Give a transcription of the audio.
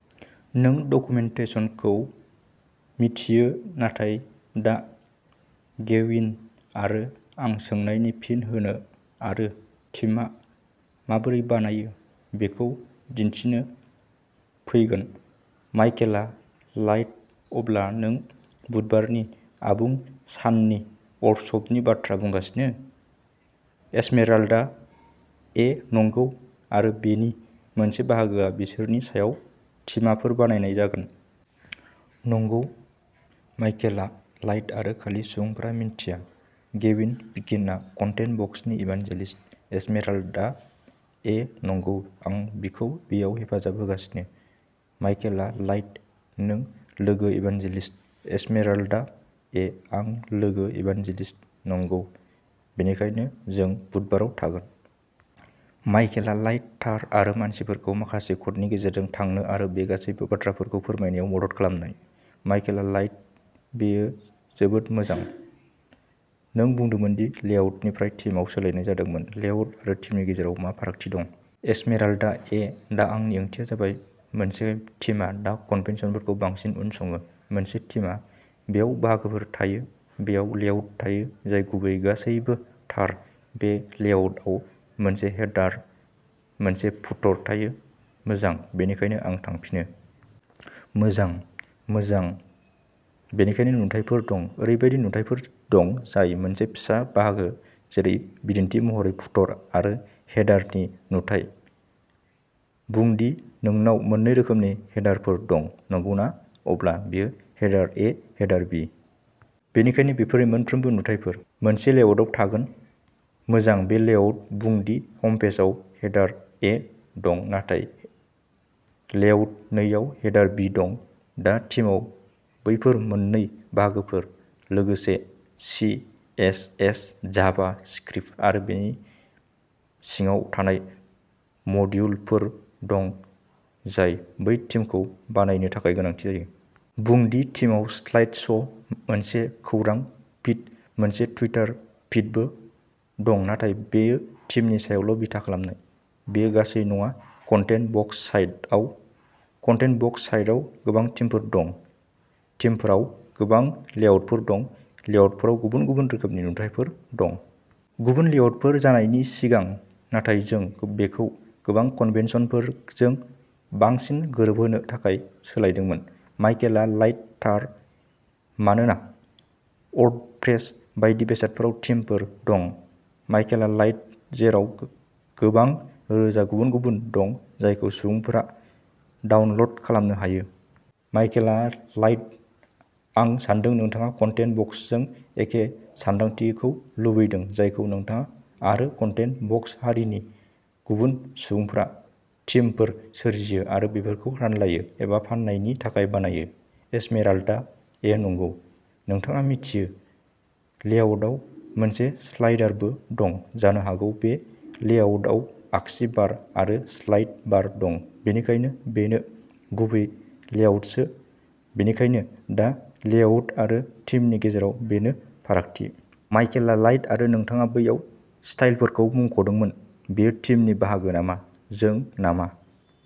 नों डकुमेन्टेसनखौ मिथियो नाथाय दा गेविन आरो आं सोंनायनि फिन होनो आरो थिमा माबोरै बानायो बेखौ दिन्थिनो फैगोन। माइकेला लाइट अब्ला नों बुधबारनि आबुं साननि वर्कसपनि बाथ्रा बुंगासिनो? एस्मेराल्डा ए नंगौ आरो बेनि मोनसे बाहागोआ बिसोरनि सायाव थिमाफोर बानायनाय जागोन। नंगौ। माइकेला लाइट आरो खालि सुबुंफोरा मिन्थिया, गेविन पिकिनआ कन्टेन्ट बक्सनि इभानजेलिस्ट। एस्मेराल्डा ए नंगौ। आं बिखौ बेयाव हेफाजाब होगासिनो। माइकेला लाइट नों लोगो इभानजेलिस्ट। एस्मेराल्डा ए आं लोगो इभानजेलिस्ट, नंगौ। बेनिखायनो जों बुधबाराव थागोन। माइकेला लाइट थार आरो मानसिफोरखौ माखासे क'डनि गेजेरजों थांनो आरो बे गासैबो बाथ्राफोरखौ फोरमायनायाव मदद खालामनाय। माइकेला लाइट बेयो जोबोद मोजां। नों बुंदोंमोन दि लेआउटनिफ्राय थिमाव सोलायनाय जादोंमोन। लेआउट आरो थिमनि गेजेराव मा फारागथि दं? एस्मेराल्डा ए दा आंनि ओंथिया जाबाय मोनसे थिमा दा कन्वेन्शनफोरखौ बांसिन उनसङो। मोनसे थिमा। बेयाव बाहागोफोर थायो, बेयाव लेआउट थायो जाय गुबैयै गासैबो थार बे लेआउटआव मोनसे हेडार, मोनसे फुटर थायो, मोजां, बेनिखायनो आं थांफिनो। मोजां। मोजां, बेनिखायनो नुथायफोर दं। ओरैबायदि नुथायफोर दं जाय मोनसे फिसा बाहागो जेरै बिदिन्थि महरै फुटर एबा हेडारनि नुथाय। बुं दि नोंनाव मोननै रोखोमनि हेडारफोर दं, नंगौना? अब्ला बेयो हेडार ए, हेडार बी। बेनिखायनो बेफोरनि मोनफ्रोमबो नुथायफोर। मोनसे लेआउटाव जागोन, मोजां बे लेआउट, बुं दि हमपेजआव हेडार ए दं नाथाय लेआउट नैआव हेडार बी दं, दा थीमआव बैफोर मोन्नै बाहागोफोर लोगोसे C S S JavaScript आरो बेनि सिङाव थानाय मडिउलफोर दं जाय बै थीमखौ बानायनो थाखाय गोनांथि जायो। बुं दि थीमआव स्लाइड श', मोनसे खौरां फीड, मोनसे टुइटार फीडबो दं, नाथाय बेयो थिमनि सायावल' बिथा खालामनाय। बेयो गासै नङा, कन्टेन्ट बक्स साइटआव। कन्टेन्ट बक्स साइटआव गोबां थीमफोर दं, थीमफोराव गोबां लेआउटफोर दं, लेआउटफोराव गुबुन-गुबुन रोखोमनि नुथायफोर दं। गुबुन लेआउटफोर जानायनि सिगां नाथाय जों बेखौ गोबां कन्वेन्शनफोरजों बांसिन गोरोबहोनो थाखाय सोलायदोंमोन। माइकेला लाइट थार। मानोना वर्ड प्रेस बायदि बेसादफोराव थीमफोर दं। माइकेला लाइट जेराव गोबां रोजा गुबुन-गुबुन दं जायखौ सुबुंफोरा डाउनल'ड खालामनो हायो। माइकेला लाइट आं सान्दों नोंथाङा कन्टेन्ट बक्सजों एखे सानदांथिखौ लुबैदों जायखौ नोंथाङा आरो कन्टेन्ट बक्स आरिनि गुबुन सुबुंफोरा थीमफोर सोरजियो आरो बेफोरखौ रानलायो एबा फाननायनि थाखाय बानायो। एस्मेराल्डा ए नंगौ। नोंथाङा मिथियो, लेआउटआव मोनसे साइडबारबो दं, जानो हागौ मोनसे लेआउटआव आगसि बार आरो साइड बार दं, बेनिखायनो बेनो गुबैयै लेआउटसो, बेनिखायनो दा लेआउट आरो थीमनि गेजेराव बेनो फारागथि। माइकेला लाइट आरो नोंथाङा बैयाव स्टाइलफोरखौ मुंख'दोंमोन। बेयो थीमनि बाहागो नामा? जों नामा?